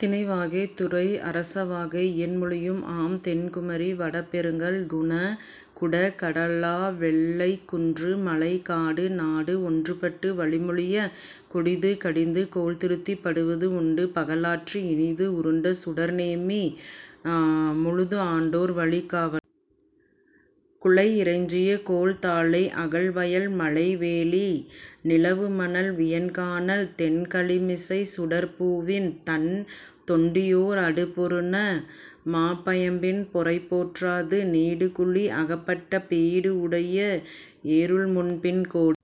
திணை; வாகை. துறை: அரசவாகை; இயன்மொழியும் ஆம். தென் குமரி, வட பெருங்கல், குண குட கடலா வெல்லை,। குன்று, மலை, காடு, நாடு ஒன்று பட்டு வழி மொழியக், கொடிது கடிந்து, கோல் திருத்திப், படுவது உண்டு, பகல் ஆற்றி, இனிது உருண்ட சுடர் நேமி முழுது ஆண்டோர் வழி காவல! குலை இறைஞ்சிய கோள் தாழை அகல் வயல், மலை வேலி, நிலவு மணல் வியன் கானல், தெண் கழிமிசைச் சுடர்ப் பூவின், தண் தொண்டியோர் அடு பொருந! மாப் பயம்பின் பொறை போற்றாது, நீடு குழி அகப் பட்ட பீடு உடைய எறுழ் முன்பின் கோடு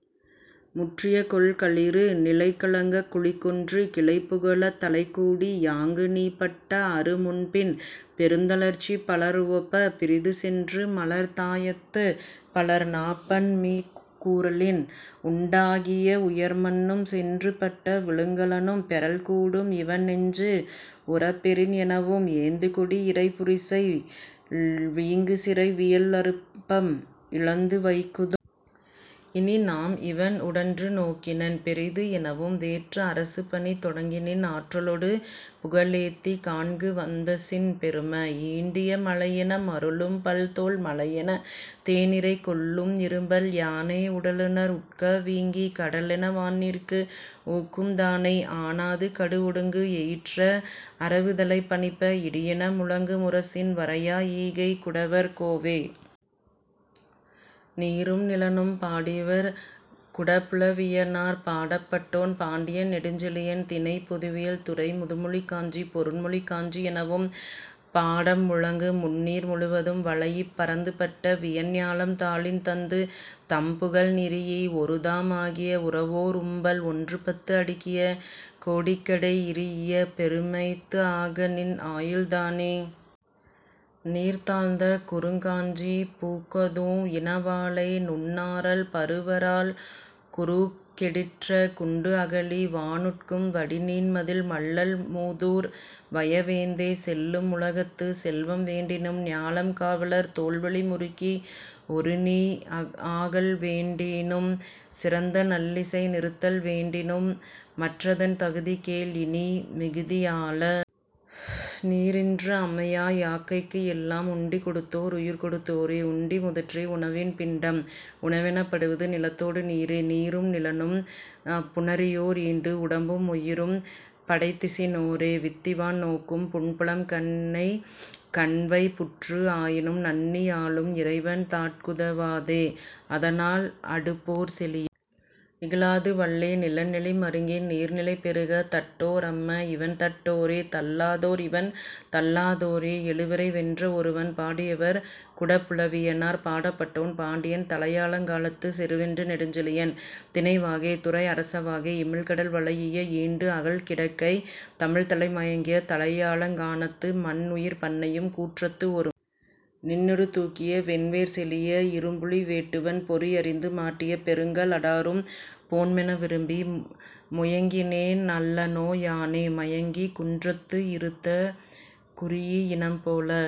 முற்றிய கொல் களிறு, நிலை கலங்கக் குழி கொன்று, கிளை புகலத் தலைக்கூடி யாங்கு நீ பட்ட அரு முன்பின், பெருந் தளர்ச்சி, பலர் உவப்பப், பிறிது சென்று, மலர் தாயத்துப் பலர் நாப்பண் மீக் கூறலின், 'உண் டாகிய உயர் மண்ணும், சென்று பட்ட விழுக் கலனும், பெறல் கூடும், இவன்நெஞ்சு உறப்பெறின்'எனவும், 'ஏந்து கொடி இறைப் புரிசை, வீங்கு சிறை, வியல் அருப்பம், இழந்து வைகுதும். இனிநாம்; இவன் உடன்று நோக்கினன், பெரிது' எனவும், வேற்று அரசு பணி தொடங்குநின் ஆற்ற லொடு புகழ் ஏத்திக், காண்கு வந்திசின், பெரும! ஈண்டிய மழையென மருளும் பல் தோல், மலையெனத் தேன்இறை கொள்ளும் இரும்பல் யானை, உடலுநர் உட்க வீங்கிக், கடலென வான்நீர்க்கு ஊக்கும் தானை, ஆனாது கடுஒடுங்கு எயிற்ற அரவுத்தலை பனிப்ப, இடியென முழங்கு முரசின், வரையா ஈகைக் குடவர் கோவே!. நீரும் நிலனும்! பாடியவர்; குடபுலவியனார். பாடப்பட்டோன்: பாண்டியன் நெடுஞ்செழியன். திணை: பொதுவியல். துறை: முதுமொழிக் காஞ்சி: பொருண்மொழிக் காஞ்சி எனவும் பாடம். முழங்கு முந்நீர் முழுவதும் வளைஇப் பரந்து பட்ட வியன் ஞாலம் தாளின் தந்து, தம்புகழ் நிறீஇ: ஒருதாம் ஆகிய உரவோர் உம்பல்! ஒன்றுபத்து அடுக்கிய கோடிகடை இரீஇய பெருமைத்து ஆக நின் ஆயுள் தானே! நீர்த் தாழ்ந்த குறுங் காஞ்சிப் பூக் கதூஉம் இன வாளை, நுண் ஆரல், பரு வரால், குரூஉக் கெடிற்ற, குண்டு அகழி; வான் உட்கும் வடிநீண் மதில்; மல்லல் மூதூர் வய வேந்தே! செல்லும் உலகத்துச் செல்வம் வேண்டினும், ஞாலம் காவலர் தோள்வலி முருக்கி, ஒருநீ ஆகல் வேண்டினும், சிறந்த நல்இசை நிறுத்தல் வேண்டினும், மற்றதன் தகுதி கேள், இனி, மிகுதியாள! நீர்இன்று அமையா யாக்கைக்கு எல்லாம் உண்டி கொடுத்தோர் உயிர்கொடுத் தோரே; உண்டி முதற்றே உணவின் பிண்டம்; உணவெனப் படுவது நிலத்தோடு நீரே; நீரும் நிலனும் புணரியோர் ஈண்டு உடம்பும் உயிரும் படைத்திசி னோரே; வித்திவான் நோக்கும் புன்புலம் கண்ணகன் வைப்புற்று ஆயினும், நண்ணி ஆளும் இறைவன் தாட்குஉத வாதே; அதனால், அடுபோர்ச் செழிய! இகழாது வல்லே நிலன்நெளி மருங்கின் நீர்நிலை பெருகத் தட்டோர் அம்ம, இவண்தட் டோரே; தள்ளா தோர்இவண் தள்ளா தோரே.. எழுவரை வென்ற ஒருவன்! பாடியவர்: குடபுலவியனார். பாடப்பட்டோன்: பாண்டியன் தலையாலங்கானத்துச் செருவென்ற நெடுஞ்செழியன். திணை: வாகை. துறை: அரசவாகை. இமிழ்கடல் வளைஇய ஈண்டுஅகல் கிடக்கைத் தமிழ்தலை மயங்கிய தலையாலங் கானத்து, மன்உயிர்ப் பன்மையும், கூற்றத்து ஒருமையும். நின்னொடு தூக்கிய வென்வேற் செழிய! 'இரும்புலி வேட்டுவன் பொறிஅறிந்து மாட்டிய பெருங்கல் அடாரும் போன்ம் என விரும்பி, முயங்கினேன் அல்லனோ யானே! மயங்கிக் குன்றத்து இறுத்த குரீஇஇனம் போல,